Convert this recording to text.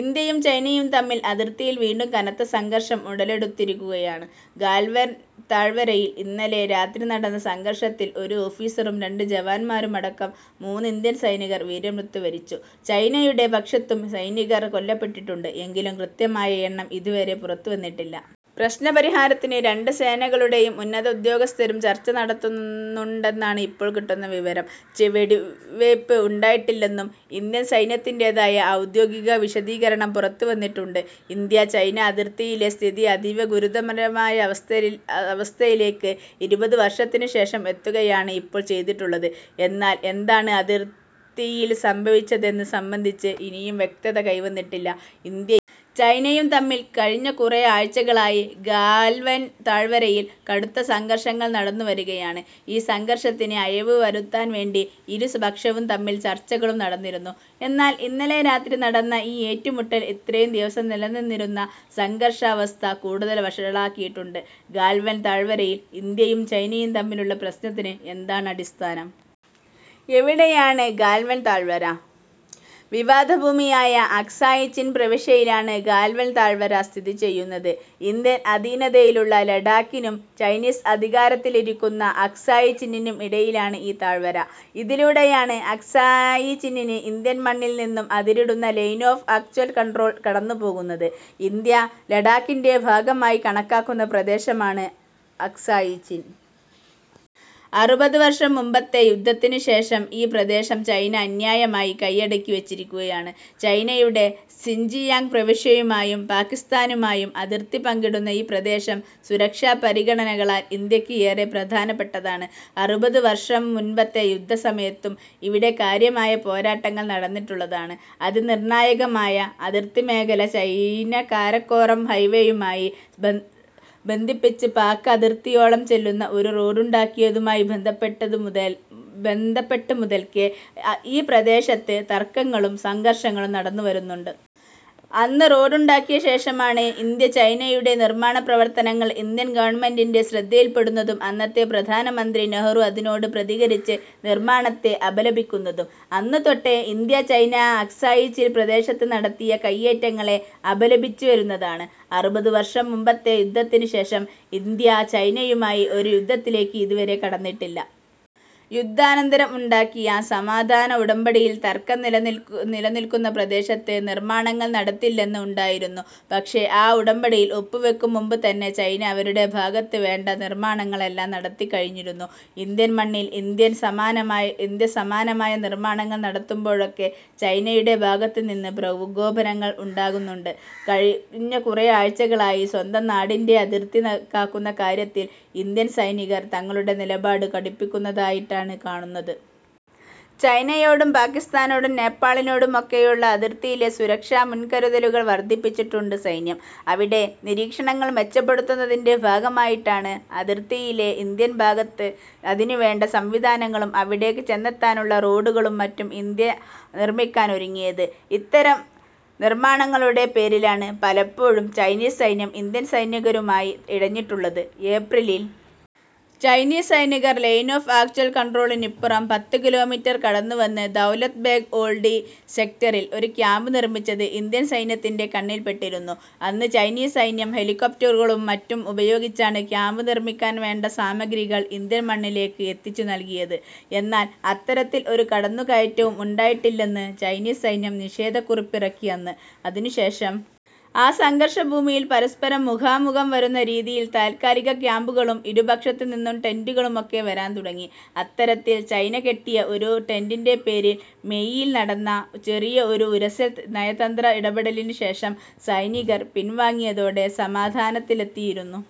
ഇന്ത്യയും ചൈനയും തമ്മിൽ അതിർത്തിയിൽ വീണ്ടും കനത്ത സംഘർഷം ഉടലെടുത്തിരിക്കുകയാണ്. ഗാൽവൻ താഴ്വരയിൽ ഇന്നലെ രാത്രി നടന്ന സംഘർഷത്തിൽ ഒരു ഓഫീസറും രണ്ടു ജവാന്മാരും അടക്കം മൂന്ന് ഇന്ത്യൻ സൈനികർ വീരമൃത്യു വരിച്ചു. ചൈനയുടെ പക്ഷത്തും സൈനികർ കൊല്ലപ്പെട്ടിട്ടുണ്ട് എങ്കിലും കൃത്യമായ എണ്ണം ഇതുവരെ പുറത്തുവന്നിട്ടി. പ്രശ്നപരിഹാരത്തിന് രണ്ട് സേനകളുടെയും ഉന്നത ഉദ്യോഗസ്ഥരും ചർച്ച നടത്തുന്നുണ്ടെന്നാണ് ഇപ്പോൾ കിട്ടുന്ന വിവരം. ചെവെടിവയ്പ് ഉണ്ടായിട്ടില്ലെന്നും ഇന്ത്യൻ സൈന്യത്തിന്റേതായ ഔദ്യോഗിക വിശദീകരണം പുറത്തുവന്നിട്ടുണ്ട്. ഇന്ത്യ ചൈന അതിർത്തിയിലെ സ്ഥിതി അതീവഗുരുതരമായ അവസ്ഥയിലേക്ക് ഇരുപത് വർഷത്തിന് ശേഷം എത്തുകയാണ് ഇപ്പോൾ ചെയ്തിട്ടുള്ളത്. എന്നാൽ എന്താണ് അതിർത്തിയിൽ സംഭവിച്ചതെന്നത് സംബന്ധിച്ച് ഇനിയും വ്യക്തത കൈവന്നിട്ടില്ല. ഇന്ത്യ ചൈനയും തമ്മിൽ കഴിഞ്ഞ കുറെ ആഴ്ചകളായി ഗാൽവൻ താഴ്വരയിൽ കടുത്ത സംഘർഷങ്ങൾ നടന്നുവരികയാണ്. ഈ സംഘർഷത്തിന് അയവുവരുത്താൻ വേണ്ടി ഇരു പക്ഷവും തമ്മിൽ ചർച്ചകളും നടന്നിരുന്നു. എന്നാൽ ഇന്നലെ രാത്രി നടന്ന ഈ ഏറ്റുമുട്ടൽ ഇത്രയും ദിവസം നിലനിന്നിരുന്ന സംഘർഷാവസ്ഥ കൂടുതൽ വഷളാക്കിയിട്ടുണ്ട്. ഗാൽവൻ താഴ്വരയിൽ ഇന്ത്യയും ചൈനയും തമ്മിലുള്ള പ്രശ്നത്തിന് എന്താണ് അടിസ്ഥാനം? എവിടെയാണീ ഗാൽവൻ താഴ്വര? വിവാദഭൂമിയായ അക്സായി ചിൻ പ്രവിശ്യയിലാണ് ഗാൽവൻ താഴ്വര സ്ഥിതി ചെയ്യുന്നത്. ഇന്ത്യൻ അധീനതയിലുള്ള ലഡാക്കിനും ചൈനീസ് അധികാരത്തിലിരിക്കുന്ന അക്സായി ചിനിനും ഇടയിലാണ് ഈ താഴ്വര. ഇതിലൂടെയാണ് അക്സായി ചിന്നിന് ഇന്ത്യൻ മണ്ണിൽ നിന്ന് അതിരിടുന്ന ലൈൻ ഓഫ് ആക്ച്വൽ കൺട്രോൾ കടന്നുപോകുന്നത്. ഇന്ത്യ ലഡാക്കിൻ്റെ ഭാഗമായി കണക്കാക്കുന്ന പ്രദേശമാണ് അക്സായി ചിൻ. അറുപത് വർഷം മുൻപത്തെ യുദ്ധത്തിന് ശേഷം ഈ പ്രദേശം ചൈന അന്യായമായി കയ്യടക്കി വെച്ചിരിക്കുകയാണ്. ചൈനയുടെ സിൻജിയാങ് പ്രവിശ്യയുമായും പാകിസ്ഥാനുമായും അതിർത്തി പങ്കിടുന്ന ഈ പ്രദേശം സുരക്ഷാ പരിഗണനകളാൽ ഇന്ത്യക്ക് ഏറെ പ്രധാനപ്പെട്ടതാണ്. അറുപത് വർഷം മുൻപത്തെ യുദ്ധസമയത്തും ഇവിടെ കാര്യമായ പോരാട്ടങ്ങൾ നടന്നിട്ടുള്ളതാണ്. അതിനിർണായകമായ അതിർത്തി മേഖല ചൈന കാരക്കോറം ഹൈവേയുമായി ബന്ധിപ്പിച്ച് പാക് അതിർത്തിയോളം ചെല്ലുന്ന ഒരു റോഡുണ്ടാക്കിയതുമായി ബന്ധപ്പെട്ട് മുതൽക്കേ ഈ പ്രദേശത്ത് തർക്കങ്ങളും സംഘർഷങ്ങളും നടന്നുവരുന്നുണ്ട്. അന്ന് റോഡുണ്ടാക്കിയ ശേഷമാണ് ഇന്ത്യ ചൈനയുടെ നിർമാണ പ്രവർത്തനങ്ങൾ ഇന്ത്യൻ ഗവൺമെന്റിൻ്റെ ശ്രദ്ധയിൽപ്പെടുന്നതും അന്നത്തെ പ്രധാനമന്ത്രി നെഹ്റു അതിനോട് പ്രതികരിച്ച് നിർമാണത്തെ അപലപിക്കുന്നതും. അന്നുതൊട്ടേ ഇന്ത്യ ചൈന അക്സായി ചിൻ പ്രദേശത്ത് നടത്തിയ കയ്യേറ്റങ്ങളെ അപലപിച്ചുവരുന്നതാണ്. അറുപത് വർഷം മുൻപത്തെ യുദ്ധത്തിന് ശേഷം ഇന്ത്യ ചൈനയുമായി ഒരു യുദ്ധത്തിലേക്ക് ഇതുവരെ കടന്നിട്ടില്ല. യുദ്ധാനന്തരം ഉണ്ടാക്കിയ സമാധാന ഉടമ്പടിയിൽ തർക്കം നിലനിൽക്കുന്ന പ്രദേശത്ത് നിർമാണങ്ങൾ നടത്തില്ലെന്ന് ഉണ്ടായിരുന്നു. പക്ഷേ ആ ഉടമ്പടിയിൽ ഒപ്പുവെക്കും മുമ്പുതന്നെ ചൈന അവരുടെ ഭാഗത്ത് വേണ്ട നിർമാണങ്ങൾ എല്ലാം നടത്തിക്കഴിഞ്ഞിരുന്നു. ഇന്ത്യൻ മണ്ണിൽ ഇന്ത്യ സമാനമായ നിർമാണങ്ങൾ നടത്തുമ്പോഴൊക്കെ ചൈനയുടെ ഭാഗത്തുനിന്ന് പ്രകോപനങ്ങൾ ഉണ്ടാകുന്നുണ്ട്. കഴിഞ്ഞ കുറെ ആഴ്ചകളായി സ്വന്തം നാടിൻ്റെ അതിർത്തി കാക്കുന്ന കാര്യത്തിൽ ഇന്ത്യൻ സൈനികർ തങ്ങളുടെ നിലപാട് കടുപ്പിക്കുന്നതായിട്ടാണ് കാണുന്നത്. ചൈനയോടും പാകിസ്താനോടും നേപ്പാളിനോടും ഒക്കെയുള്ള അതിർത്തിയിലെ സുരക്ഷാ മുൻകരുതലുകൾ വർധിപ്പിച്ചിട്ടുണ്ട് സൈന്യം. അവിടെ നിരീക്ഷണങ്ങൾ മെച്ചപ്പെടുത്തുന്നതിൻ്റെ ഭാഗമായിട്ടാണ് അതിർത്തിയിലെ ഇന്ത്യൻ ഭാഗത്ത് അതിനുവേണ്ട സംവിധാനങ്ങളും അവിടേക്ക് ചെന്നെത്താനുള്ള റോഡുകളും മറ്റും ഇന്ത്യ നിർമിക്കാൻ ഒരുങ്ങിയത്. ഇത്തരം നിർമാണങ്ങളുടെ പേരിലാണ് പലപ്പോഴും ചൈനീസ് സൈന്യം ഇന്ത്യൻ സൈനികരുമായി ഇടഞ്ഞിട്ടുള്ളതും. ഏപ്രിലിൽ ചൈനീസ് സൈനികർ ലൈൻ ഓഫ് ആക്ച്വൽ കൺട്രോളിനിപ്പുറം പത്തുകിലോമീറ്റർ കടന്നുവന്ന് ദൗലത് ബേഗ് ഓൾഡി സെക്ടറിൽ ഒരു ക്യാമ്പ് നിർമിച്ചത് ഇന്ത്യൻ സൈന്യത്തിൻ്റെ കണ്ണിൽപ്പെട്ടിരുന്നു. അന്ന് ചൈനീസ് സൈന്യം ഹെലികോപ്റ്ററുകളും മറ്റും ഉപയോഗിച്ചാണ് ക്യാമ്പ് നിർമിക്കാൻ വേണ്ട സാമഗ്രികൾ ഇന്ത്യൻ മണ്ണിലേക്ക് എത്തിച്ചുനൽകിയത്. എന്നാൽ അത്തരത്തിൽ ഒരു കടന്നുകയറ്റവും ഉണ്ടായിട്ടില്ലെന്ന് ചൈനീസ് സൈന്യം നിഷേധക്കുറിപ്പിറക്കി അന്ന്. അതിനുശേഷം ആ സംഘർഷഭൂമിയിൽ പരസ്പരം മുഖാമുഖം വരുന്ന രീതിയിൽ താത്കാലിക ക്യാമ്പുകളും ഇരുപക്ഷത്തുനിന്നും ടെന്റുകളും ഒക്കെ വരാൻ തുടങ്ങി. അത്തരത്തിൽ ചൈന കെട്ടിയ ഒരു ടെന്റിൻ്റെ പേരിൽ മെയിൽ നടന്ന ഒരു ചെറിയ ഉരസൽ നയതന്ത്ര ഇടപെടലിന് ശേഷം സൈനികർ പിൻവാങ്ങിയതോടെ സമാധാനത്തിലെത്തിയിരുന്നു.